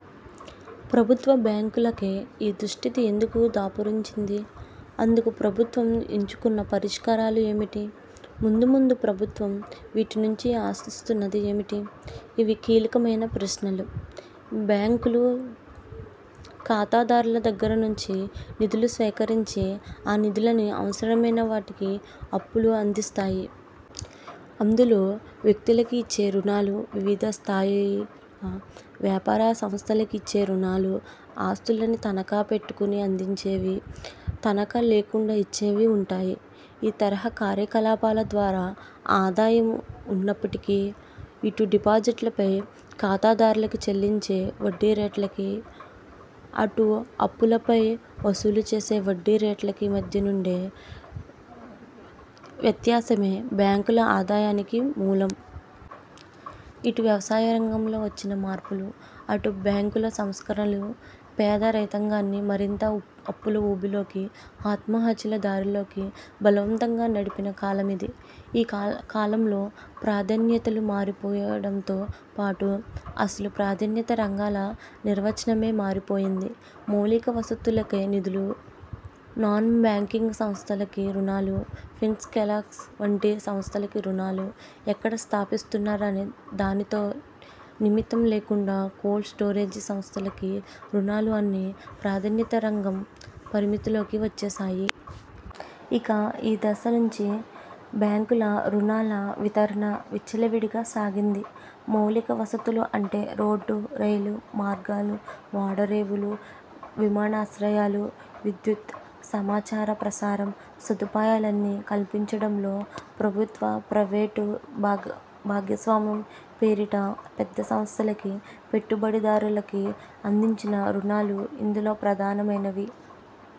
ప్రభుత్వ బ్యాంకులకే ఈ దుస్థితి ఎందుకు దాపురించింది? అందుకు ప్రభుత్వం ఎంచుకున్న పరిష్కారాలు ఏమిటి? ముందు, ముందు ప్రభుత్వం వీటి నుంచి ఆశిస్తున్నది ఏమిటి? ఇవి కీలకమైన ప్రశ్నలు. బ్యాంకులు ఖాతాదారుల దగ్గర నుంచి నిధులు సేకరించి, ఆ నిధులని అవసరమైన వారికి అప్పులు అందిస్తాయి. అందులో, వ్యక్తులకి ఇచ్చే రుణాలు, వివిధ స్థాయిల వ్యాపారసంస్థలకి ఇచ్చే రుణాలు, ఆస్తులని తనఖా పెట్టుకుని అందించేవి, తనఖా లేకుండా ఇచ్చేవి వుంటాయి. ఇతరత్రా కార్యకలాపాల ద్వారా ఆదాయం ఉన్నప్పటికీ, ఇటు డిపాజిట్లపై ఖాతాదారులకి చెల్లించే వడ్డీరేట్లకీ, అటు అప్పులపై వసూలు చేసే వడ్డీ రేట్లకీ మధ్యనుండే వ్యత్యాసమే బ్యాంకుల ఆదాయానికి మూలం. ఇటు వ్యవసాయరంగంలో వచ్చిన మార్పులు, అటు బ్యాంకుల సంస్కరణలు పేద రైతాంగాన్ని మరింతగా అప్పుల ఊబిలోకి, ఆత్మహత్యల దారిలోకి బలవంతంగా నడిపిన కాలమిది. ఈ కాలంలో ప్రాధాన్యతలు మారిపోవడంతో పాటు, అసలు 'ప్రాధాన్యతా రంగాల' నిర్వచనమే మారిపోయింది. మౌలిక వసతులకై నిధులు, నాన్ బ్యాంకింగ్ సంస్థలకి రుణాలు, పెప్సీ, కెల్లాగ్స్ వంటి సంస్థలకి రుణాలు, ఎక్కడ స్థాపిస్తున్నారనే దానితో నిమిత్తం లేకుండా కోల్డ్ స్టోరేజీ సంస్థలకి రుణాలు అన్నీ 'ప్రాధాన్యతా రంగం' పరిధిలోకి వచ్చేశాయి! ఇక ఈ దశ నుంచి, బ్యాంకుల రుణాల వితరణ విచ్చలవిడిగా సాగింది. మౌలిక వసతులు అంటే – రోడ్లు, రైలు మార్గాలు, ఓడరేవులు, విమానాశ్రయాలు, విద్యుత్తు, సమాచార ప్రసారం సదుపాయాలని కల్పించడంలో – ప్రభుత్వ, ప్రైవేటు భాగస్వామ్యం పేరిట పెద్ద సంస్థలకీ, పెట్టుబడిదారులకీ అందించిన రుణాలు ఇందులో ప్రధానమైనవి.